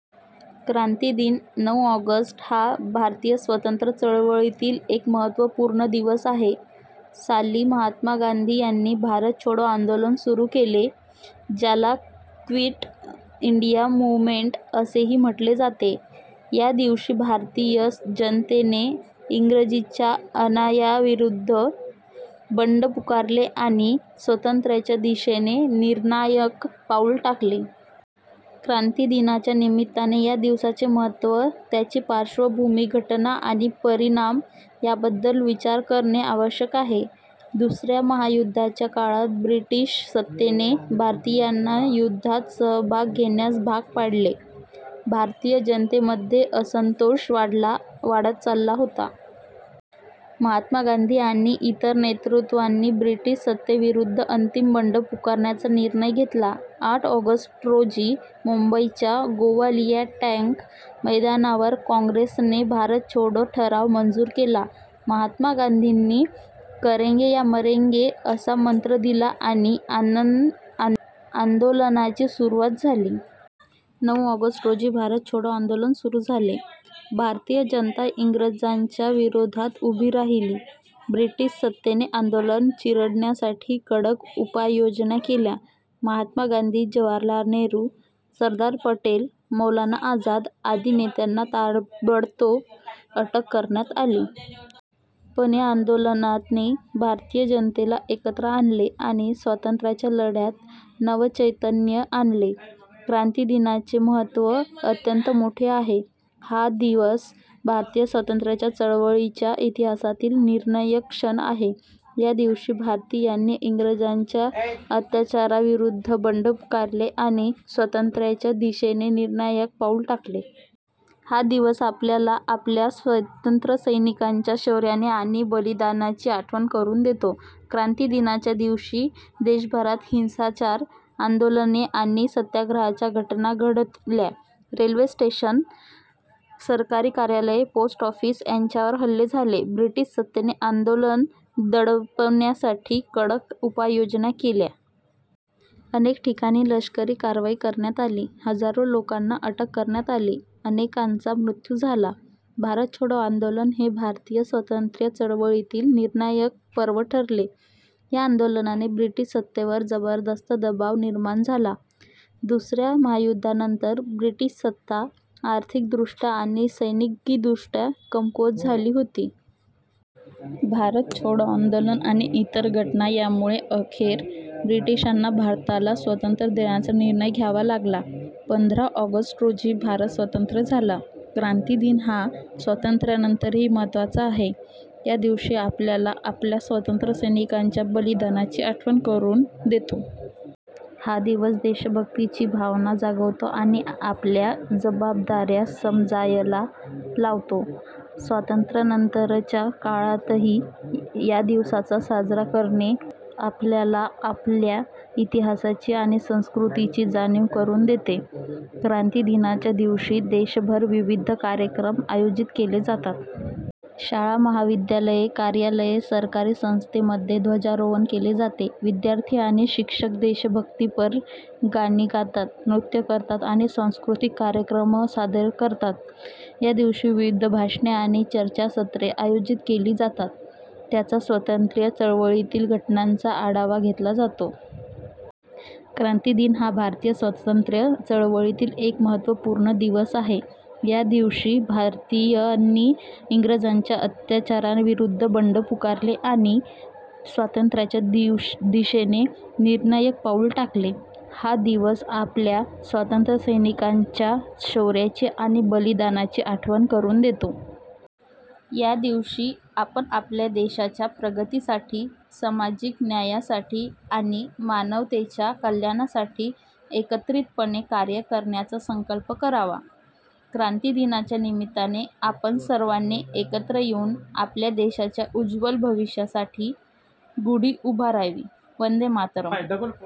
क्रांती दिन, नऊ ऑगस्ट, हा भारतीय स्वातंत्र्य चळवळीतील एक महत्त्वपूर्ण दिवस आहे. साली महात्मा गांधी यांनी भारत छोडो आंदोलन सुरू केले, ज्याला क्विट इंडिया मूवमेंट असेही म्हटले जाते. या दिवशी भारतीय जनतेने इंग्रजांच्या अन्यायाविरुद्ध बंड पुकारले आणि स्वातंत्र्याच्या दिशेने निर्णायक पाऊल टाकले. क्रांती दिनाच्या निमित्ताने या दिवसाचे महत्त्व, त्याची पार्श्वभूमी, घटना आणि परिणाम याबद्दल विचार करणे आवश्यक आहे. दुसऱ्या महायुद्धाच्या काळात ब्रिटिश सत्तेने भारतीयांना युद्धात सहभाग घेण्यास भाग पाडले. भारतीय जनतेमध्ये असंतोष वाढत चालला होता. महात्मा गांधी आणि इतर नेतृत्वांनी ब्रिटिश सत्तेविरुद्ध अंतिम बंड पुकारण्याचा निर्णय घेतला. आठ ऑगस्ट रोजी मुंबईच्या गोवालिया टँक मैदानावर काँग्रेसने भारत छोडो ठराव मंजूर केला. महात्मा गांधींनी करेंगे या मरेंगे असा मंत्र दिला आणि आंदोलनाची सुरुवात झाली. नऊ ऑगस्ट रोजी भारत छोडो आंदोलन सुरू झाले. भारतीय जनता इंग्रजांच्या विरोधात उभी राहिली. ब्रिटिश सत्तेने आंदोलन चिरडण्यासाठी कडक उपाययोजना केल्या. महात्मा गांधी, जवाहरलाल नेहरू, सरदार पटेल, मौलाना आझाद आदी नेत्यांना ताबडतोब अटक करण्यात आली. पण या आंदोलनाने भारतीय जनतेला एकत्र आणले आणि स्वातंत्र्याच्या लढ्यात नवचैतन्य आणले. क्रांती दिनाचे महत्त्व अत्यंत मोठे आहे. हा दिवस भारतीय स्वातंत्र्य चळवळीच्या इतिहासातील निर्णायक क्षण आहे. या दिवशी भारतीयांनी इंग्रजांच्या अत्याचाराविरुद्ध बंड पुकारले आणि स्वातंत्र्याच्या दिशेने निर्णायक पाऊल टाकले. हा दिवस आपल्याला आपल्या स्वातंत्र्यसैनिकांच्या शौर्याची आणि बलिदानाची आठवण करून देतो. क्रांती दिनाच्या दिवशी देशभरात हिंसाचार, आंदोलने आणि सत्याग्रहाच्या घटना घडल्या. रेल्वे स्टेशन, सरकारी कार्यालये, पोस्ट ऑफिस यांवर हल्ले झाले. ब्रिटिश सत्तेने आंदोलन दडपण्यासाठी कडक उपाययोजना केल्या. अनेक ठिकाणी लष्करी कारवाई करण्यात आली. हजारो लोकांना अटक करण्यात आली, अनेकांचा मृत्यू झाला. भारत छोडो आंदोलन हे भारतीय स्वातंत्र्य चळवळीतील निर्णायक पर्व ठरले. या आंदोलनाने ब्रिटिश सत्तेवर जबरदस्त दबाव निर्माण झाला. दुसऱ्या महायुद्धानंतर ब्रिटिश सत्ता आर्थिकदृष्ट्या आणि सैनिकीदृष्ट्या कमकुवत झाली होती. भारत छोडो आंदोलन आणि इतर घटना यामुळे अखेर ब्रिटिशांना भारताला स्वातंत्र्य देण्याचा निर्णय घ्यावा लागला. पंधरा ऑगस्ट रोजी भारत स्वतंत्र झाला. क्रांती दिन हा स्वातंत्र्यानंतरही महत्त्वाचा आहे. या दिवशी आपल्याला आपल्या स्वातंत्र्यसैनिकांच्या बलिदानाची आठवण करून देतो. हा दिवस देशभक्तीची भावना जागवतो आणि आपल्या जबाबदाऱ्या समजायला लावतो. स्वातंत्र्यानंतरच्या काळातही या दिवसाचा साजरा करणे आपल्याला आपल्या इतिहासाची आणि संस्कृतीची जाणीव करून देते. क्रांती दिनाच्या दिवशी देशभर विविध कार्यक्रम आयोजित केले जातात. शाळा, महाविद्यालये, कार्यालये, सरकारी संस्थांमध्ये ध्वजवंदन केले जाते. विद्यार्थी आणि शिक्षक देशभक्तीपर गाणी गातात, नृत्य करतात आणि सांस्कृतिक कार्यक्रम सादर करतात. या दिवशी विविध भाषणे आणि चर्चासत्रे आयोजित केली जातात, ज्यात स्वातंत्र्य चळवळीतील घटनांचा आढावा घेतला जातो. क्रांती दिन हा भारतीय स्वातंत्र्य चळवळीतील एक महत्त्वपूर्ण दिवस आहे. या दिवशी भारतीयांनी इंग्रजांच्या अत्याचाराविरुद्ध बंड पुकारले आणि स्वातंत्र्याच्या दिशेने निर्णायक पाऊल टाकले. हा दिवस आपल्या स्वातंत्र्यसैनिकांच्या शौर्याची आणि बलिदानाची आठवण करून देतो. या दिवशी आपण आपल्या देशाच्या प्रगतीसाठी, सामाजिक न्यायासाठी आणि मानवतेच्या कल्याणासाठी एकत्रितपणे कार्य करण्याचा संकल्प करावा. क्रांती दिनाच्या निमित्ताने आपण सर्वांनी एकत्र येऊन आपल्या देशाच्या उज्ज्वल भविष्याची गुढी उभारावी. वंदे मातरम्.